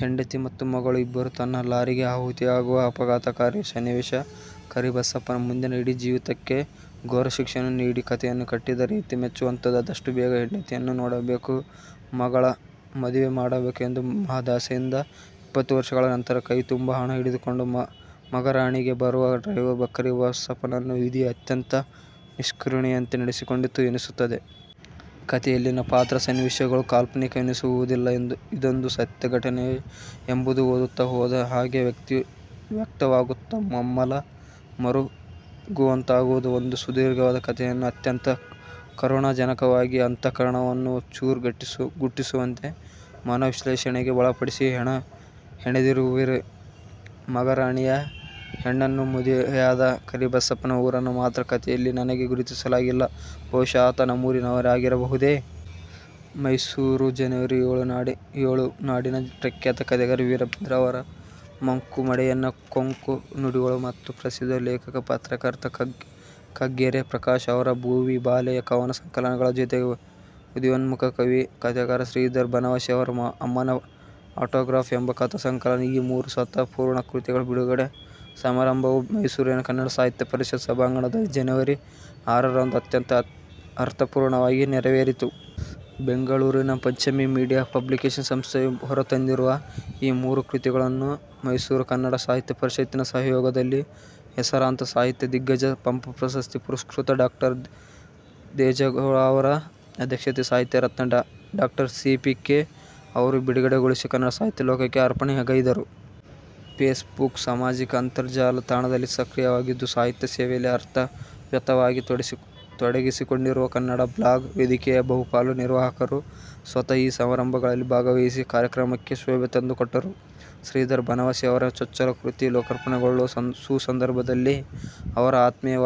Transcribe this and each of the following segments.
ಹೆಂಡತಿ ಮತ್ತು ಮಗಳು ಇಬ್ಬರೂ ತನ್ನ ಲಾರಿಗೆ ಆಹುತಿಯಾಗುವ ಆಘಾತಕಾರಿ ಸನ್ನೀವೇಷ, ಕರಿಬಸಪ್ಪನ ಮುಂದಿನ ಇಡೀ ಜೀವಿತಕ್ಕೆ ಘೋರ ಶಿಕ್ಷೆಯನ್ನೇ ನೀಡಿ ಕಥೆಯನ್ನು ಕಟ್ಟಿದ ರೀತಿ ಮೆಚ್ಚುವಂತದ್ದು. ಆದಷ್ಟು ಬೇಗ ಹೆಂಡತಿಯನ್ನು ನೋಡಬೇಕು, ಮಗಳ ಮದುವೆ ಮಾಡಬೇಕು ಎಂಬ ಮಹದಾಸೆಯಿಂದ ಇಪ್ಪತ್ತು ವರ್ಷಗಳ ನಂತರ ಕೈ ತುಂಬಾ ಹಣ ಹಿಡಿದುಕೊಂಡು ಮಗರಾಣಿಗೆ ಬರುವ ಡ್ರೈವರ್ ಕರಿಬಸಪ್ಪನನ್ನು ವಿಧಿ ಅತ್ಯಂತ ನಿಷ್ಕರುಣಿಯಂತೆ ನಡೆಸಿಕೊಂಡಿತು ಎನಿಸುತ್ತದೆ. ಕಥೆಯಲ್ಲಿನ ಪಾತ್ರ, ಸನ್ನೀವೇಷಗಳು ಕಾಲ್ಪನಿಕವೆನಿಸುವುದಿಲ್ಲ. ಇದೊಂದು ಸತ್ಯ ಘಟನೆಯೇ ಎಂಬುದು ಓದುತ್ತಾ ಹೋದ ಹಾಗೆ ವ್ಯಕ್ತವಾಗುತ್ತಾ ಮಮ್ಮಲ ಮರುಗುವಂತಾಗುವುದು. ಒಂದು ಸುದೀರ್ಘವಾದ ಕಥೆಯನ್ನು ಅತ್ಯಂತ ಕರುಣಾಜನಕವಾಗಿ, ಅಂತಃಕರಣವನ್ನು ಚುರ್ ಗುಟ್ಟಿಸುವಂತೆ, ಮನೋವಿಶ್ಲೇಷಣೆಗೆ ಒಳಪಡಿಸಿ ಹೆಣೆದಿರುವಿರಿ. ಮಗರಾಣಿಯ ಹೆಣ್ಣನ್ನು ಮದುವೆಯಾದ ಕರಿಬಸಪ್ಪನ ಊರನ್ನು ಮಾತ್ರ ಕಥೆಯಲ್ಲಿ ನನಗೆ ಗುರುತಿಸಲಾಗಿಲ್ಲ. ಬಹುಶಃ ಆತ ನಮ್ಮೂರಿನವನೇ ಆಗಿರಬಹುದೇ? ಮೈಸೂರು ಜನವರಿ ಎಳು ನಾಡಿನ ಪ್ರಖ್ಯಾತ ಕಥೆಗಾರ ವೀರಭದ್ರ ಅವರ 'ಮಂಕು ಮಡೆಯನ ಕೊಂಕು ನುಡಿಗಳು' ಮತ್ತು ಪ್ರಸಿದ್ಧ ಲೇಖಕ, ಪತ್ರಕರ್ತ ಕಗ್ಗೆರೆ ಪ್ರಕಾಶ್ ಅವರ 'ಭುವಿಬಾಲೆ' ಕವನ ಸಂಕಲನಗಳ ಜೊತೆಗೆ ಉದಯೋನ್ಮುಖ ಕವಿ, ಕಥೆಗಾರ ಶ್ರೀಧರ ಬನವಾಸಿ ಅವರ 'ಅಮ್ಮನ ಆಟೋ ಗ್ರಾಫ್' ಎಂಬ ಕಥಾ ಸಂಕಲನ, ಈ ಮೂರು ಸತ್ವಪೂರ್ಣ ಕೃತಿಗಳ ಬಿಡುಗಡೆ ಸಮಾರಂಭವು ಮೈಸೂರಿನ ಕನ್ನಡ ಸಾಹಿತ್ಯ ಪರಿಷತ್ ಸಭಾಂಗಣದಲ್ಲಿ ಜನವರಿ ಅರರಂದು ಅತ್ಯಂತ ಅರ್ಥಪೂರ್ಣವಾಗಿ ನೆರವೇರಿತು. ಬೆಂಗಳೂರಿನ ಪಂಚಮಿ ಮೀಡಿಯಾ ಪಬ್ಲಿಕೇಶನ್ ಸಂಸ್ಥೆಯು ಹೊರತಂದಿರುವ ಈ ಮೂರು ಕೃತಿಗಳನ್ನು ಮೈಸೂರು ಕನ್ನಡ ಸಾಹಿತ್ಯ ಪರಿಷತ್ತಿನ ಸಹಯೋಗದಲ್ಲಿ ಹೆಸರಾಂತ ಸಾಹಿತ್ಯ ದಿಗ್ಗಜ, ಪಂಪ ಪ್ರಶಸ್ತಿ ಪುರಸ್ಕೃತ ಡಾ ದೇಜಗೌ ಅವರ ಅಧ್ಯಕ್ಷತೆಯಲ್ಲಿ ಸಾಹಿತ್ಯ ರತ್ನ ಡಾ ಸಿ. ಪಿ. ಕೆ. ಅವರು ಬಿಡುಗಡೆಗೊಳಿಸಿ ಕನ್ನಡ ಸಾಹಿತ್ಯ ಲೋಕಕ್ಕೆ ಅರ್ಪಣೆ ಗೈದರು. ಫೇಸ್ ಬುಕ್ ಸಾಮಾಜಿಕ ಅಂತರ್ ಜಾಲ ತಾಣದಲ್ಲಿ ಸಕ್ರೀಯವಾಗಿದ್ದು ಸಾಹಿತ್ಯ ಸೇವೆಯಲ್ಲಿ ಅರ್ಥವತ್ತಾಗಿ ತೊಡಗಿಸಿಕೊಂಡಿರುವ "ಕನ್ನಡ ಬ್ಲಾಗ್" ವೇದಿಕೆಯ ಬಹುಪಾಲು ನಿರ್ವಾಹಕರು ಸ್ವತಃ ಈ ಸಮಾರಂಭದಲ್ಲಿ ಭಾಗವಹಿಸಿ ಕಾರ್ಯಕ್ರಮಕ್ಕೆ ಶೋಭೆ ತಂದುಕೊಟ್ಟರು. ಶ್ರೀಧರ ಬನವಾಸಿ ಅವರ ಚೊಚ್ಚಲ ಕೃತಿ ಲೋಕಾರ್ಪಣೆಗೊಳ್ಳುವ ಸುಸಂದರ್ಭದಲ್ಲಿ ಅವರ ಆತ್ಮೀಯ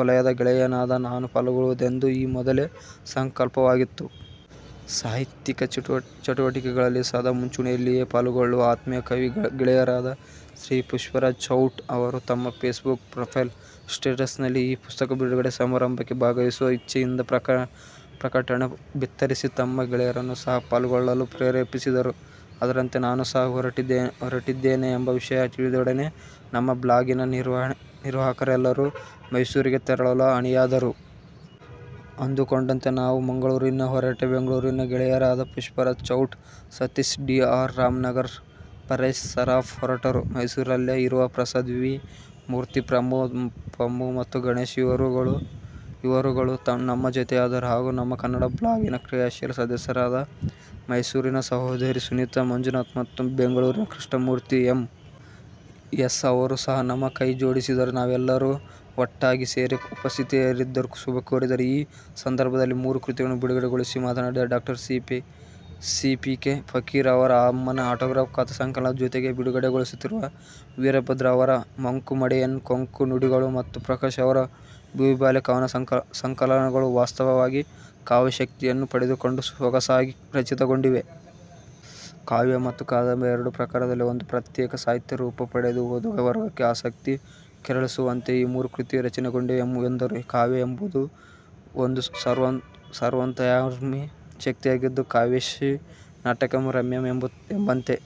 ವಲಯದ ಗೆಳೆಯನಾದ ನಾನು ಪಾಲ್ಗೊಳ್ಳವುದೆಂದು ಈ ಮೊದಲೇ ಸಂಕಲ್ಪವಾಗಿತ್ತು. ಸಾಹಿತ್ಯಿಕ ಚಟುವಟಿಕೆಗಳಲ್ಲಿ ಸದಾ ಮುಂಚೂಣಿಲ್ಲಿಯೇ ಪಾಲ್ಗೊಳ್ಳುವ ಆತ್ಮೀಯ ಕವಿ ಗೆಳೆಯರಾದ ಶ್ರೀ ಪುಷ್ಪರಾಜ್ ಚೌಟ ಅವರು ತಮ್ಮ ಫೇಸ್ ಬುಕ್ ಪ್ರೋಫೈಲ್ ಸ್ಟೇಟಸ್ ನಲ್ಲಿ ಈ ಪುಸ್ತಕ ಬಿಡುಗಡೆ ಸಮಾರಂಭಕ್ಕೆ ಭಾಗವಹಿಸುವ ಇಚ್ಚೆ ಯಿಂದ ಪ್ರಕಟಣೆ ಭಿತ್ತರಿಸಿ ತಮ್ಮ ಗೆಳೆಯರನ್ನು ಸಹ ಪಾಲ್ಗೊಳ್ಲಲು ಪ್ರೇರೇಪಿಸಿದರು. ಅದರಂತೆ ನಾನೂ ಸಹ ಹೊರಟಿದ್ದೇನೆಂಬ ವಿಷಯ ತಿಳಿದೊಡನೆಯೇ ನಮ್ಮ ಬ್ಲಾಗಿನ ನಿರ್ವಾಹಕರೆಲ್ಲರೂ ಮೈಸೂರಿಗೆ ತೆರಳಲು ಅಣಿಯಾದರು. ಅಂದುಕೊಂಡಂತೆ ನಾನು ಮಂಗಳೂರಿನಿಂದ ಹೊರಟೆ. ಬೆಂಗಳೂರಿನಿಂದ ಗೆಳೆಯರಾದ ಪುಷ್ಪರಾಜ್ ಚೌಟ, ಸತೀಶ ಡಿ. ಆರ್. ರಾಮನಗರ, ಫರೇಶ್ ಸರಾಫ್ ಹೊರಟರು. ಮೈಸೂರಲ್ಲೇ ಇರುವ ಪ್ರಸಾದ್ ವಿ. ಮೂರ್ತಿ, ಪ್ರಮೋದ ಪಮ್ಮು ಮತ್ತು ಗಣೇಶ್ ಇವರುಗಳು ನಮ್ಮ ಜೊತೆಯಾದರು ಹಾಗೂ ನಮ್ಮ ಕನ್ನಡ ಬ್ಲಾಗಿನ ಕ್ರಿಯಾಶೀಲ ಸದಸ್ಯರಾದ ಮೈಸೂರಿನ ಸಹೋದರಿ ಸುನೀತಾ ಮಂಜುನಾಥ ಮತ್ತು ಬೆಂಗಳೂರಿನ ಕೃಷ್ಣ ಮೂರ್ತಿ ಎಮ್. ಎಸ್. ಅವರು ಸಹ ನಮ್ಮ ಕೈ ಜೋಡಿಸಿದರು. ನಾವೆಲ್ಲರೂ ಒಟ್ಟಾಗಿ ಸೇರಿ ಉಪಸ್ಥಿತರಿದ್ದು ಶುಭಕೋರಿದೆವು. ಈ ಸಂದರ್ಭದಲ್ಲಿ ಮೂರೂ ಕೃತಿಗಳನ್ನು ಬಿಡುಗಡೆಗೊಳಿಸಿ ಮಾತನಾಡಿದ ಡಾ ಸಿ. ಪಿ. ಕೆ, ಫಕೀರ ಅವರ 'ಅಮ್ಮನ ಆಟೋಗ್ರಾಫ್' ಕಥಾ ಸಂಕಲನದ ಜೊತೆಗೆ ಬಿಡುಗಡೆಗೊಳಿಸುತ್ತಿರುವ ವೀರಭದ್ರ ಅವರ 'ಮಂಕು ಮಡೆಯನ ಕೊಂಕು ನುಡಿಗಳು' ಮತ್ತು ಪ್ರಕಾಶ್ ಅವರ 'ಭುವಿಬಾಲೆ' ಕವನ ಸಂಕಲನಗಳು ವಾಸ್ತವವಾಗಿ ಕಾವ್ಯಶಕ್ತಿಯನ್ನು ಪಡೆದುಕೊಂಡು ಸೊಗಸಾಗಿ ರಚಿತಗೊಂಡಿವೆ. ಕಾವ್ಯ ಮತ್ತು ಕಾದಂಬರಿ ಎರಡೂ ಪ್ರಕಾರದಲ್ಲಿ ಒಂದು ಪ್ರತ್ಯೇಕ ಸಾಹಿತ್ಯ ರೂಪ ಪಡೆದು ಓದುಗ ವರ್ಗಕ್ಕೆ ಆಸಕ್ತಿಯನ್ನು ಕೆರಳಿಸುವಂತೆ ಈ ಮೂರು ಕೃತಿಗಳು ರಚನೆಗೊಂಡಿವೆ ಎಂದರು. ಕಾವ್ಯ ಎಂಬುದು ಒಂದು ಸರ್ವಾಂತರ್ಯಾಮಿ ಶಕ್ತಿಯಾಗಿದ್ದು 'ಕಾವ್ಯೇಷು ನಾಟಕಂ ರಮ್ಯಂ' ಎಂಬಂತೆ